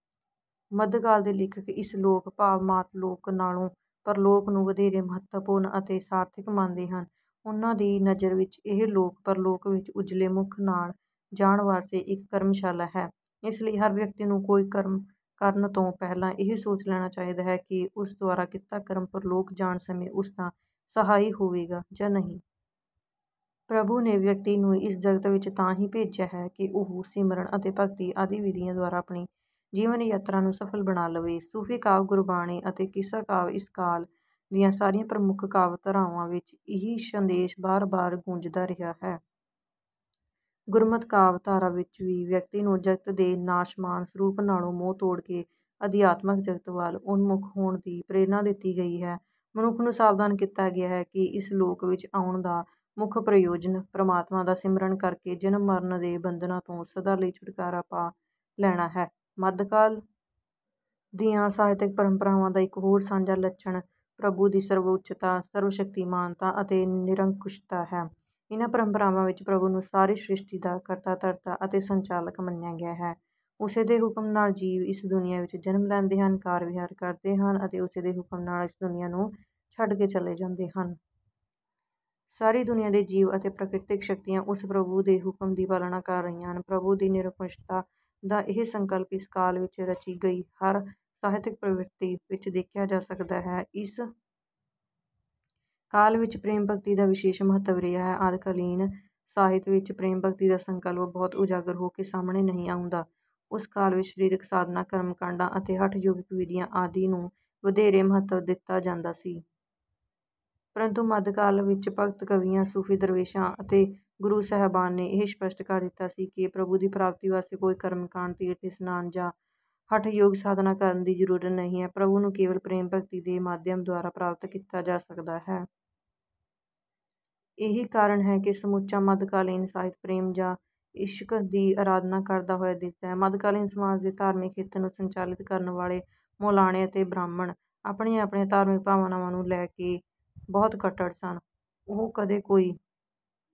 ਮੱਧਕਾਲ ਦੇ ਲੇਖਕ ਇਸ ਲੋਕ, ਭਾਵ ਮਾਤ-ਲੋਕ ਨਾਲੋਂ ਪਰਲੋਕ ਨੂੰ ਵਧੇਰੇ ਮਹੱਤਵਪੂਰਨ ਅਤੇ ਸਾਰਥਿਕ ਮੰਨਦੇ ਹਨ। ਉਨ੍ਹਾਂ ਦੀ ਨਜ਼ਰ ਵਿੱਚ ਇਹ ਲੋਕ ਪਰਲੋਕ ਵਿੱਚ ਉਜਲੇ ਮੁੱਖ ਨਾਲ ਜਾਣ ਵਾਸਤੇ ਇੱਕ ਕਰਮਸ਼ਾਲਾ ਹੈ। ਇਸ ਲਈ ਹਰ ਵਿਅਕਤੀ ਨੂੰ ਕੋਈ ਕਰਮ ਕਰਨ ਤੋਂ ਪਹਿਲਾਂ ਇਹ ਸੋਚ ਲੈਣਾ ਚਾਹੀਦਾ ਹੈ ਕਿ ਉਸ ਦੁਆਰਾ ਕੀਤਾ ਕਰਮ ਪਰਲੋਕ ਜਾਣ ਸਮੇਂ ਉਸ ਦਾ ਸਹਾਈ ਹੋਵੇਗਾ ਜਾਂ ਨਹੀਂ। ਪ੍ਰਭੂ ਨੇ ਵਿਅਕਤੀ ਨੂੰ ਇਸ ਜਗਤ ਵਿੱਚ ਤਾਂ ਹੀ ਭੇਜਿਆ ਹੈ ਕਿ ਉਹ ਸਿਮਰਨ ਅਤੇ ਭਗਤੀ ਆਦਿ ਵਿਧੀਆਂ ਦੁਆਰਾ ਆਪਣੀ ਜੀਵਨ-ਯਾਤਰਾ ਨੂੰ ਸਫ਼ਲ ਬਣਾ ਲਵੇ। ਸੂਫ਼ੀ ਕਾਵਿ, ਗੁਰਬਾਣੀ ਅਤੇ ਕਿੱਸਾ ਕਾਵਿ—ਇਸ ਕਾਲ ਦੀਆਂ ਸਾਰੀਆਂ ਪ੍ਰਮੁੱਖ ਕਾਵਿ-ਧਾਰਾਵਾਂ ਵਿੱਚ ਇਹੀ ਸੰਦੇਸ਼ ਬਾਰ-ਬਾਰ ਗੂੰਜਦਾ ਰਿਹਾ ਹੈ। ਗੁਰਮਤਿ ਕਾਵਿ-ਧਾਰਾ ਵਿੱਚ ਵੀ ਵਿਅਕਤੀ ਨੂੰ ਜਗਤ ਦੇ ਨਾਸ਼ਮਾਨ ਸਰੂਪ ਨਾਲੋਂ ਮੋਹ ਤੋੜ ਕੇ ਅਧਿਆਤਮਕ ਜਗਤ ਵੱਲ ਉਨਮੁੱਖ ਹੋਣ ਦੀ ਪ੍ਰੇਰਣਾ ਦਿੱਤੀ ਗਈ ਹੈ। ਮਨੁੱਖ ਨੂੰ ਸਾਵਧਾਨ ਕੀਤਾ ਗਿਆ ਹੈ ਕਿ ਇਸ ਲੋਕ ਵਿੱਚ ਆਉਣ ਦਾ ਮੁੱਖ ਪ੍ਰਯੋਜਨ ਪ੍ਰਮਾਤਮਾ ਦਾ ਸਿਮਰਨ ਕਰਕੇ ਜਨਮ-ਮਰਨ ਦੇ ਬੰਧਨਾਂ ਤੋਂ ਸਦਾ ਲਈ ਛੁਟਕਾਰਾ ਪਾ ਲੈਣਾ ਹੈ। ਮੱਧਕਾਲ ਦੀਆਂ ਸਾਹਿਤਿਕ ਪਰੰਪਰਾਵਾਂ ਦਾ ਇੱਕ ਹੋਰ ਸਾਂਝਾ ਲੱਛਣ ਪ੍ਰਭੂ ਦੀ ਸਰਵਉੱਚਤਾ, ਸਰਵ-ਸ਼ਕਤੀਮਾਨਤਾ ਅਤੇ ਨਿਰੰਕੁਸ਼ਤਾ ਹੈ। ਇਨ੍ਹਾਂ ਪਰੰਪਰਾਵਾਂ ਵਿੱਚ ਪ੍ਰਭੂ ਨੂੰ ਸਾਰੀ ਸ੍ਰਿਸ਼ਟੀ ਦਾ ਕਰਤਾ-ਧਰਤਾ ਅਤੇ ਸੰਚਾਲਕ ਮੰਨਿਆ ਗਿਆ ਹੈ। ਉਸੇ ਦੇ ਹੁਕਮ ਨਾਲ ਜੀਵ ਇਸ ਦੁਨੀਆਂ ਵਿੱਚ ਜਨਮ ਲੈਂਦੇ ਹਨ, ਕਾਰ-ਵਿਹਾਰ ਕਰਦੇ ਹਨ ਅਤੇ ਉਸੇ ਦੇ ਹੁਕਮ ਨਾਲ ਇਸ ਦੁਨੀਆਂ ਨੂੰ ਛੱਡ ਕੇ ਚਲੇ ਜਾਂਦੇ ਹਨ। ਸਾਰੀ ਦੁਨੀਆਂ ਦੇ ਜੀਵ ਅਤੇ ਪ੍ਰਕ੍ਰਿਤਕ ਸ਼ਕਤੀਆਂ ਉਸ ਪ੍ਰਭੂ ਦੇ ਹੁਕਮ ਦੀ ਪਾਲਣਾ ਕਰ ਰਹੀਆਂ ਹਨ। ਪ੍ਰਭੂ ਦੀ ਨਿਰੰਕੁਸ਼ਤਾ ਦਾ ਇਹ ਸੰਕਲਪ ਇਸ ਕਾਲ ਵਿੱਚ ਰਚੀ ਗਈ ਹਰ ਸਾਹਿਤਕ ਪ੍ਰਵਿਰਤੀ ਵਿੱਚ ਦੇਖਿਆ ਜਾ ਸਕਦਾ ਹੈ। ਇਸ ਕਾਲ ਵਿੱਚ ਪ੍ਰੇਮ-ਭਗਤੀ ਦਾ ਵਿਸ਼ੇਸ਼ ਮਹੱਤਵ ਰਿਹਾ ਹੈ। ਆਦਿਕਾਲੀਨ ਸਾਹਿਤ ਵਿੱਚ ਪ੍ਰੇਮ-ਭਗਤੀ ਦਾ ਸੰਕਲਪ ਬਹੁਤਾ ਉਜਾਗਰ ਹੋ ਕੇ ਸਾਹਮਣੇ ਨਹੀਂ ਆਉਂਦਾ। ਉਸ ਕਾਲ ਵਿੱਚ ਸਰੀਰਕ ਸਾਧਨਾਂ, ਕਰਮ-ਕਾਂਡਾਂ ਅਤੇ ਹਠ-ਯੋਗਿਕ ਵਿਧੀਆਂ ਆਦਿ ਨੂੰ ਵਧੇਰੇ ਮਹੱਤਵ ਦਿੱਤਾ ਜਾਂਦਾ ਸੀ। ਪਰੰਤੂ ਮੱਧਕਾਲ ਵਿੱਚ ਭਗਤ ਕਵੀਆਂ, ਸੂਫ਼ੀ ਦਰਵੇਸ਼ਾਂ ਅਤੇ ਗੁਰੂ ਸਾਹਿਬਾਨ ਨੇ ਇਹ ਸਪਸ਼ਟ ਕਰ ਦਿੱਤਾ ਸੀ ਕਿ ਪ੍ਰਭੂ ਦੀ ਪ੍ਰਾਪਤੀ ਵਾਸਤੇ ਕੋਈ ਕਰਮ-ਕਾਂਡ, ਤੀਰਥ-ਇਸ਼ਨਾਨ ਜਾਂ ਹਠਯੋਗ-ਸਾਧਨਾ ਕਰਨ ਦੀ ਜ਼ਰੂਰਤ ਨਹੀਂ ਹੈ। ਪ੍ਰਭੂ ਨੂੰ ਕੇਵਲ ਪ੍ਰੇਮ-ਭਗਤੀ ਦੇ ਮਾਧਿਅਮ ਦੁਆਰਾ ਪ੍ਰਾਪਤ ਕੀਤਾ ਜਾ ਸਕਦਾ ਹੈ। ਇਹੀ ਕਾਰਨ ਹੈ ਕਿ ਸਮੁੱਚਾ ਮੱਧਕਾਲੀਨ ਸਾਹਿਤ ਪ੍ਰੇਮ ਜਾਂ ਇਸ਼ਕ ਦੀ ਅਰਾਧਨਾ ਕਰਦਾ ਹੋਇਆ ਦਿਸਦਾ ਹੈ। ਮੱਧਕਾਲੀਨ ਸਮਾਜ ਦੇ ਧਾਰਮਿਕ ਖੇਤਰ ਨੂੰ ਸੰਚਾਲਿਤ ਕਰਨ ਵਾਲੇ ਮੌਲਾਣੇ ਅਤੇ ਬ੍ਰਾਹਮਣ ਆਪਣੀਆਂ-ਆਪਣੀਆਂ ਧਾਰਮਿਕ ਭਾਵਨਾਵਾਂ ਨੂੰ ਲੈ ਕੇ ਬਹੁਤ ਕੱਟੜ ਸਨ। ਉਹ ਕਦੇ ਕੋਈ...